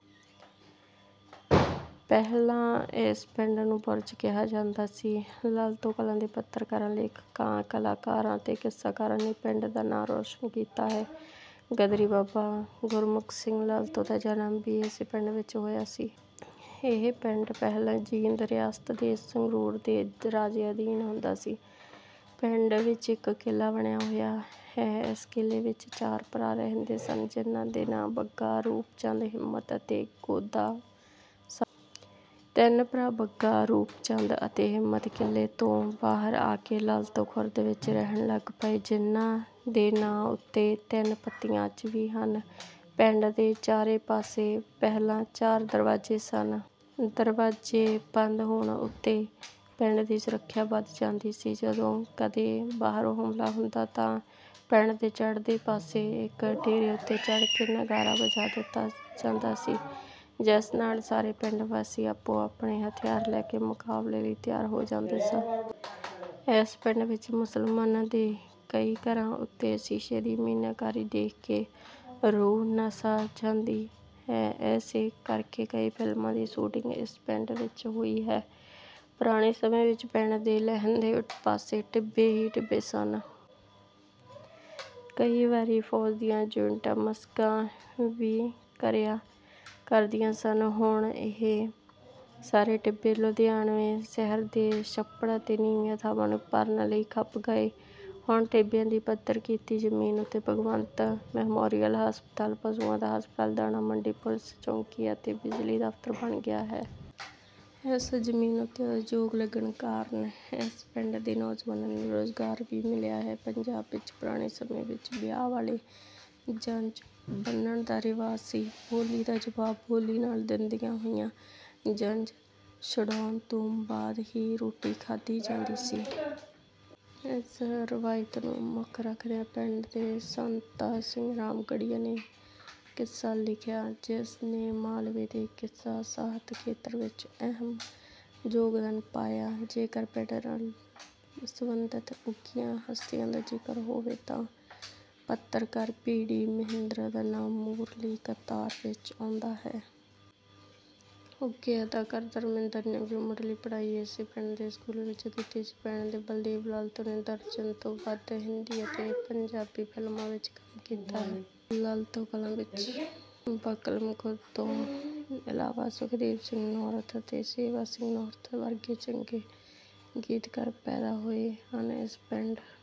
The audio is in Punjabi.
ਪਹਿਲਾਂ ਇਸ ਪਿੰਡ ਨੂੰ ਬੁਰਜ ਕਿਹਾ ਜਾਂਦਾ ਸੀ। ਲਲਤੋਂ ਕਲਾਂ ਦੇ ਪੱਤਰਕਾਰਾਂ, ਲੇਖਕਾਂ, ਕਲਾਕਾਰਾਂ ਅਤੇ ਕਿੱਸਾਕਾਰਾਂ ਨੇ ਪਿੰਡ ਦਾ ਨਾਂ ਰੌਸ਼ਨ ਕੀਤਾ ਹੈ। ਗ਼ਦਰੀ ਬਾਬਾ ਗੁਰਮੁਖ ਸਿੰਘ ਲਲਤੋਂ ਦਾ ਜਨਮ ਵੀ ਇਸੇ ਪਿੰਡ ਵਿੱਚ ਹੋਇਆ ਸੀ। ਇਹ ਪਿੰਡ ਪਹਿਲਾਂ ਜੀਂਦ ਰਿਆਸਤ ਦੇ ਸੰਗਰੂਰ ਦੇ ਰਾਜੇ ਅਧੀਨ ਹੁੰਦਾ ਸੀ। ਪਿੰਡ ਵਿੱਚ ਇੱਕ ਕਿਲ੍ਹਾ ਬਣਿਆ ਹੋਇਆ ਹੈ। ਇਸ ਕਿਲ੍ਹੇ ਵਿੱਚ ਚਾਰ ਭਰਾ ਰਹਿੰਦੇ ਸਨ ਜਿਨ੍ਹਾਂ ਦੇ ਨਾਂ ਬੱਗਾ, ਰੂਪ ਚੰਦ, ਹਿੰਮਤ ਅਤੇ ਗੋਦਾਂ ਸਨ। ਤਿੰਨ ਭਰਾ ਬੱਗਾ, ਰੂਪ ਚੰਦ ਅਤੇ ਹਿੰਮਤ ਕਿਲ੍ਹੇ ਤੋਂ ਬਾਹਰ ਆ ਕੇ ਲਲਤੋਂ ਖੁਰਦ ਵਿੱਚ ਰਹਿਣ ਲੱਗ ਪਏ। ਜਿਨ੍ਹਾਂ ਦੇ ਨਾਂ ਉੱਤੇ ਤਿੰਨ ਪੱਤੀਆਂ ਅੱਜ ਵੀ ਹਨ। ਪਿੰਡ ਦੇ ਚਾਰੇ ਪਾਸੇ ਪਹਿਲਾਂ ਚਾਰ ਦਰਵਾਜ਼ੇ ਸਨ। ਦਰਵਾਜ਼ੇ ਬੰਦ ਹੋਣ ਉੱਤੇ ਪਿੰਡ ਦੀ ਸੁਰੱਖਿਆ ਵੱਧ ਜਾਂਦੀ ਸੀ। ਜਦੋਂ ਕਦੇ ਬਾਹਰੋਂ ਹਮਲਾ ਹੁੰਦਾ, ਤਾਂ ਪਿੰਡ ਦੇ ਚੜ੍ਹਦੇ ਪਾਸੇ ਇੱਕ ਡੇਰੇ ਉੱਤੇ ਚੜ੍ਹ ਕੇ ਨਗਾਰਾ ਵਜਾ ਦਿੱਤਾ ਜਾਂਦਾ ਸੀ। ਜਿਸ ਨਾਲ ਸਾਰੇ ਪਿੰਡ ਵਾਸੀ ਆਪੋ-ਆਪਣੇ ਹਥਿਆਰ ਲੈ ਕੇ ਮੁਕਾਬਲੇ ਲਈ ਤਿਆਰ ਹੋ ਜਾਂਦੇ। ਇਸ ਪਿੰਡ ਵਿੱਚ ਮੁਸਲਮਾਨਾਂ ਦੇ ਕਈ ਘਰਾਂ ਉੱਤੇ ਸ਼ੀਸ਼ੇ ਦੀ ਮੀਨਾਕਾਰੀ ਦੇਖ ਕੇ ਰੂਹ ਨਸ਼ਾ ਜਾਂਦੀ ਹੈ। ਇਸੇ ਕਰਕੇ ਕਈ ਫ਼ਿਲਮਾਂ ਦੀ ਸ਼ੂਟਿੰਗ ਇਸ ਪਿੰਡ ਵਿੱਚ ਹੋਈ ਹੈ। ਪੁਰਾਣੇ ਸਮੇਂ ਵਿੱਚ ਪਿੰਡ ਦੇ ਲਹਿੰਦੇ ਪਾਸੇ ਟਿੱਬੇ ਹੀ ਟਿੱਬੇ ਸਨ। ਕਈ ਵਾਰੀ ਫ਼ੌਜ ਦੀਆਂ ਯੂਨਿਟਾਂ ਮਸ਼ਕਾਂ ਵੀ ਕਰਿਆ ਕਰਦੀਆਂ ਸਨ। ਹੁਣ ਇਹ ਸਾਰੇ ਟਿੱਬੇ ਲੁਧਿਆਣੇ ਸ਼ਹਿਰ ਦੇ ਛੱਪੜ ਅਤੇ ਨੀਵੀਆਂ ਥਾਵਾਂ ਨੂੰ ਭਰਨ ਲਈ ਖਪ ਗਏ। ਹੁਣ ਟਿੱਬਿਆਂ ਦੀ ਪੱਧਰ ਕੀਤੀ ਜ਼ਮੀਨ ਉੱਤੇ ਭਗਵੰਤ ਮੈਮੋਰੀਅਲ ਹਸਪਤਾਲ, ਪਸ਼ੂਆਂ ਦਾ ਹਸਪਤਾਲ, ਦਾਣਾ ਮੰਡੀ, ਪੁਲੀਸ ਚੌਕੀ ਅਤੇ ਬਿਜਲੀ ਦਫ਼ਤਰ ਬਣ ਗਿਆ ਹੈ। ਇਸ ਜ਼ਮੀਨ ਉੱਤੇ ਉਦਯੋਗ ਲੱਗਣ ਕਾਰਨ ਇਸ ਪਿੰਡ ਦੇ ਨੌਜਵਾਨਾਂ ਨੂੰ ਰੁਜ਼ਗਾਰ ਵੀ ਮਿਲਿਆ ਹੈ। ਪੰਜਾਬ ਵਿੱਚ ਪੁਰਾਣੇ ਸਮੇਂ ਵਿੱਚ ਵਿਆਹ ਵੇਲੇ ਜੰਝ ਬੰਨ੍ਹਣ ਦਾ ਰਿਵਾਜ ਸੀ। ਬੋਲੀ ਦਾ ਜਵਾਬ ਬੋਲੀ ਨਾਲ ਦਿੰਦਿਆਂ ਹੋਇਆਂ ਜੰਝ ਛੁਡਾਉਣ ਤੋਂ ਬਾਅਦ ਹੀ ਰੋਟੀ ਖਾਧੀ ਜਾਂਦੀ ਸੀ। ਇਸ ਰਵਾਇਤ ਨੂੰ ਮੁੱਖ ਰੱਖਦਿਆਂ ਪਿੰਡ ਦੇ ਸੰਤਾ ਸਿੰਘ ਰਾਮਗੜ੍ਹੀਆ ਨੇ ਕਿੱਸਾ ਲਿਖਿਆ, ਜਿਸ ਨੇ ਮਾਲਵੇ ਦੇ ਕਿੱਸਾ ਸਾਹਿਤ ਖੇਤਰ ਵਿੱਚ ਅਹਿਮ ਯੋਗਦਾਨ ਪਾਇਆ। ਜੇਕਰ ਪਿੰਡ ਨਾਲ ਸਬੰਧਤ ਉੱਘੀਆਂ ਹਸਤੀਆਂ ਦਾ ਜ਼ਿਕਰ ਹੋਵੇ, ਤਾਂ ਪੱਤਰਕਾਰ ਪੀ ਡੀ ਮਹਿੰਦਰਾ ਦਾ ਨਾਮ ਮੂਹਰਲੀ ਕਤਾਰ ਵਿੱਚ ਆਉਂਦਾ ਹੈ। ਉੱਘੇ ਅਦਾਕਾਰ ਧਰਮਿੰਦਰ ਨੇ ਵੀ ਮੁਢਲੀ ਪੜ੍ਹਾਈ ਇਸੇ ਪਿੰਡ ਦੇ ਸਕੂਲ ਵਿੱਚੋਂ ਕੀਤੀ ਸੀ। ਪਿੰਡ ਦੇ ਬਲਦੇਵ ਲਲਤੋਂ ਨੇ ਦਰਜਨ ਤੋਂ ਵੱਧ ਹਿੰਦੀ ਅਤੇ ਪੰਜਾਬੀ ਫ਼ਿਲਮਾਂ ਵਿੱਚ ਕੰਮ ਕੀਤਾ ਹੈ। ਲਲਤੋਂ ਕਲਾਂ ਵਿੱਚ ਬਕਲਮਖੁਦ ਤੋਂ ਇਲਾਵਾ ਸੁਖਦੇਵ ਸਿੰਘ ਨੌਰਥ ਅਤੇ ਸੇਵਾ ਸਿੰਘ ਨੌਰਥ ਵਰਗੇ ਚੰਗੇ ਗੀਤਕਾਰ ਪੈਦਾ ਹੋਏ ਹਨ। ਇਸ ਪਿੰਡ